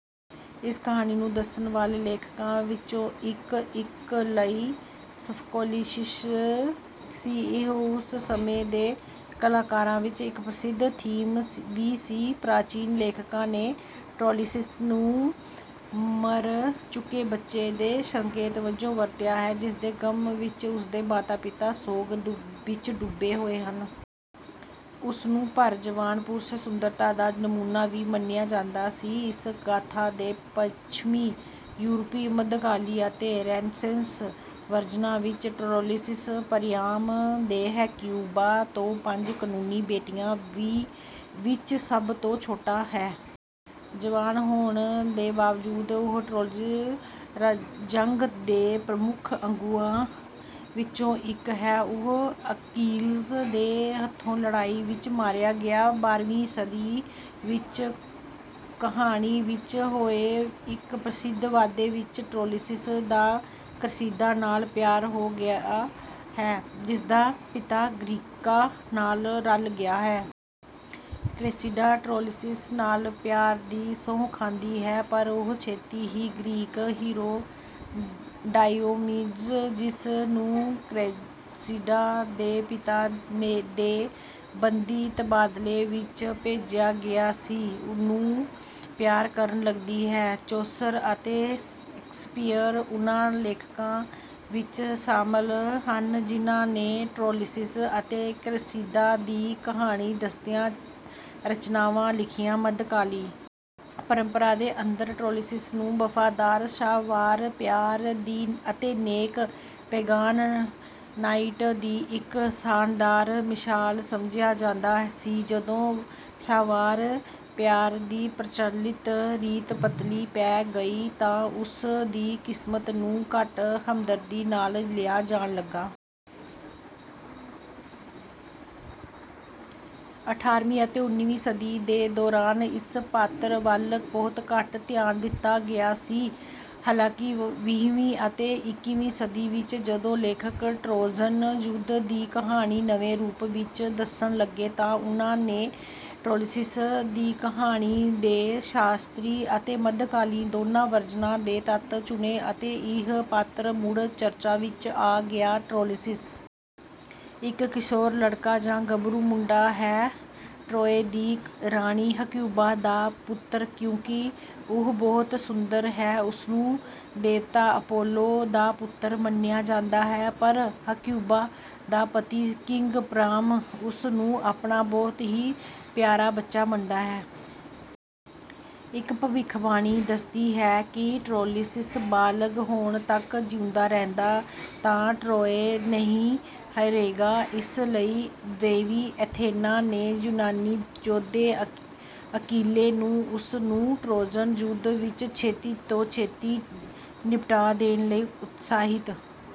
ਇਸ ਕਹਾਣੀ ਨੂੰ ਦੱਸਣ ਵਾਲੇ ਲੇਖਕਾਂ ਵਿੱਚੋਂ ਇੱਕ ਲਈ ਸੋਫ਼ੋਕਲੀਸ ਸੀ। ਇਹ ਉਸ ਸਮੇਂ ਦੇ ਕਲਾਕਾਰਾਂ ਵਿਚ ਇਕ ਪ੍ਰਸਿੱਧ ਥੀਮ ਵੀ ਸੀ। ਪ੍ਰਾਚੀਨ ਲੇਖਕਾਂ ਨੇ ਟਰੋਇਲਸ ਨੂੰ ਮਰ ਚੁੱਕੇ ਬੱਚੇ ਦੇ ਸੰਕੇਤ ਵਜੋਂ ਵਰਤਿਆ ਹੈ, ਜਿਸਦੇ ਗਮ ਵਿੱਚ ਉਸਦੇ ਮਾਤਾ-ਪਿਤਾ ਸੋਗ ਵਿਚ ਡੁੱਬੇ ਹੋਏ ਹਨ। ਉਸ ਨੂੰ ਭਰ ਜਵਾਨ ਪੁਰਸ਼ ਸੁੰਦਰਤਾ ਦਾ ਨਮੂਨਾ ਵੀ ਮੰਨਿਆ ਜਾਂਦਾ ਸੀ। ਇਸ ਗਾਥਾ ਦੇ ਪੱਛਮੀ ਯੂਰਪੀ ਮੱਧਕਾਲੀ ਅਤੇ ਰੇਨੇਸੈਂਸ ਵਰਜਨਾਂ ਵਿੱਚ, ਟਰੋਇਲਸ ਪਰਿਆਮ ਦੇ ਹੇਕਿਊਬਾ ਤੋਂ ਪੰਜ ਕਾਨੂੰਨੀ ਬੇਟਿਆਂ ਵਿੱਚ ਸਭ ਤੋਂ ਛੋਟਾ ਹੈ। ਜਵਾਨ ਹੋਣ ਦੇ ਬਾਵਜੂਦ ਉਹ ਟਰੋਜਨ ਜੰਗ ਦੇ ਪ੍ਰਮੁੱਖ ਆਗੂਆਂ ਵਿੱਚੋਂ ਇੱਕ ਹੈ। ਉਹ ਅਕੀਲਜ਼ ਦੇ ਹੱਥੋਂ ਲੜਾਈ ਵਿਚ ਮਾਰਿਆ ਗਿਆ। ਬਾਰ੍ਹਵੀਂ ਸਦੀ ਵਿੱਚ ਕਹਾਣੀ ਵਿੱਚ ਹੋਏ ਇੱਕ ਪ੍ਰਸਿੱਧ ਵਾਧੇ ਵਿੱਚ, ਟਰੋਇਲਸ ਦਾ ਕ੍ਰੇਸੀਦਾ ਨਾਲ ਪਿਆਰ ਹੋ ਜਾਂਦਾ ਹੈ, ਜਿਸਦਾ ਪਿਤਾ ਗ੍ਰੀਕਾਂ ਨਾਲ ਰਲ਼ ਗਿਆ ਹੈ। ਕ੍ਰੇਸਿਡਾ ਟਰੋਇਲਸ ਨਾਲ ਪਿਆਰ ਦੀ ਸਹੁੰ ਖਾਂਦੀ ਹੈ, ਪਰ ਉਹ ਛੇਤੀ ਹੀ ਗ੍ਰੀਕ ਹੀਰੋ ਡਾਇਓਮੀਡਜ਼, ਜਿਸ ਨੂੰ ਕ੍ਰੇਸਿਡਾ ਦੇ ਪਿਤਾ ਦੇ ਬੰਦੀ ਤਬਾਦਲੇ ਵਿੱਚ ਭੇਜਿਆ ਗਿਆ ਸੀ, ਨੂੰ ਪਿਆਰ ਕਰਨ ਲੱਗਦੀ ਹੈ। ਚੌਸਰ ਅਤੇ ਸ਼ੇਕਸਪੀਅਰ ਉਨ੍ਹਾਂ ਲੇਖਕਾਂ ਵਿਚ ਸ਼ਾਮਲ ਹਨ, ਜਿਨ੍ਹਾਂ ਨੇ ਟਰੋਇਲਸ ਅਤੇ ਕ੍ਰੇਸੀਦਾ ਦੀ ਕਹਾਣੀ ਦੱਸਦੀਆਂ ਰਚਨਾਵਾਂ ਲਿਖੀਆਂ। ਮੱਧਕਾਲੀ ਪਰੰਪਰਾ ਦੇ ਅੰਦਰ, ਟਰੋਇਲਸ ਨੂੰ ਵਫ਼ਾਦਾਰ ਸ਼ਾਹਸਵਾਰ ਪਿਆਰ ਦੀ ਅਤੇ ਨੇਕ-ਪੈਗਾਨ ਨਾਇਟ ਦੀ ਇੱਕ ਸ਼ਾਨਦਾਰ ਮਿਸਾਲ ਸਮਝਿਆ ਜਾਂਦਾ ਸੀ। ਜਦੋਂ ਸ਼ਾਹਸਵਾਰ ਪਿਆਰ ਦੀ ਪ੍ਰਚਲਿਤ ਰੀਤ ਪਤਲੀ ਪੈ ਗਈ ਤਾਂ ਉਸ ਦੀ ਕਿਸਮਤ ਨੂੰ ਘੱਟ ਹਮਦਰਦੀ ਨਾਲ ਲਿਆ ਜਾਣ ਲੱਗਾ। ਅਠਾਰ੍ਹਵੀਂ ਅਤੇ ਉੱਨੀਵੀਂ ਸਦੀ ਦੇ ਦੌਰਾਨ ਇਸ ਪਾਤਰ ਵੱਲ ਬਹੁਤ ਘੱਟ ਧਿਆਨ ਦਿੱਤਾ ਗਿਆ ਸੀ। ਹਾਲਾਂਕਿ, ਵੀਹਵੀਂ ਅਤੇ ਇੱਕੀਵੀਂ ਸਦੀ ਵਿੱਚ, ਜਦੋਂ ਲੇਖਕ ਟਰੋਜਨ ਯੁੱਧ ਦੀ ਕਹਾਣੀ ਨਵੇਂ ਰੂਪ ਵਿੱਚ ਦੱਸਣ ਲੱਗੇ, ਤਾਂ ਉਨ੍ਹਾਂ ਨੇ ਟਰੋਇਲਸ ਦੀ ਕਹਾਣੀ ਦੇ ਸ਼ਾਸਤਰੀ ਅਤੇ ਮੱਧਕਾਲੀ ਦੋਨਾਂ ਵਰਜਨਾਂ ਦੇ ਤੱਤ ਚੁਣੇ ਅਤੇ ਇਹ ਪਾਤਰ ਮੁੜ ਚਰਚਾ ਵਿੱਚ ਆ ਗਿਆ। ਟਰੋਇਲਸ ਇੱਕ ਕਿਸ਼ੋਰ ਲੜਕਾ ਜਾਂ ਗਭਰੂ ਮੁੰਡਾ ਹੈ, ਟਰੌਏ ਦੀ ਰਾਣੀ ਹਕਿਊਬਾ ਦਾ ਪੁੱਤਰ। ਕਿਉਂਕਿ ਉਹ ਬਹੁਤ ਸੁੰਦਰ ਹੈ, ਉਸਨੂੰ ਦੇਵਤਾ ਅਪੋਲੋ ਦਾ ਪੁੱਤਰ ਮੰਨਿਆ ਜਾਂਦਾ ਹੈ। ਪਰ, ਹਕਿਊਬਾ ਦਾ ਪਤੀ, ਕਿੰਗ ਪ੍ਰਾਮ, ਉਸ ਨੂੰ ਆਪਣਾ ਬਹੁਤ ਹੀ ਪਿਆਰਾ ਬੱਚਾ ਮੰਨਦਾ ਹੈ। ਇੱਕ ਭਵਿੱਖਬਾਣੀ ਦੱਸਦੀ ਹੈ ਕਿ ਟਰੋਇਲਸ ਬਾਲਗ ਹੋਣ ਤੱਕ ਜਿਉਂਦਾ ਰਹਿੰਦਾ ਹੈ ਤਾਂ ਟਰੌਏ ਨਹੀਂ ਹਾਰੇਗਾ। ਇਸ ਲਈ ਦੇਵੀ ਐਥੇਨਾ ਨੇ ਯੂਨਾਨੀ ਯੋਧੇ ਅਕੀਲੇ ਨੂੰ ਉਸ ਨੂੰ ਟਰੋਜਨ ਯੁੱਧ ਵਿਚ ਛੇਤੀ ਤੋਂ ਛੇਤੀ ਨਿਪਟਾ ਦੇਣ ਲਈ ਉਤਸ਼ਾਹਿਤ...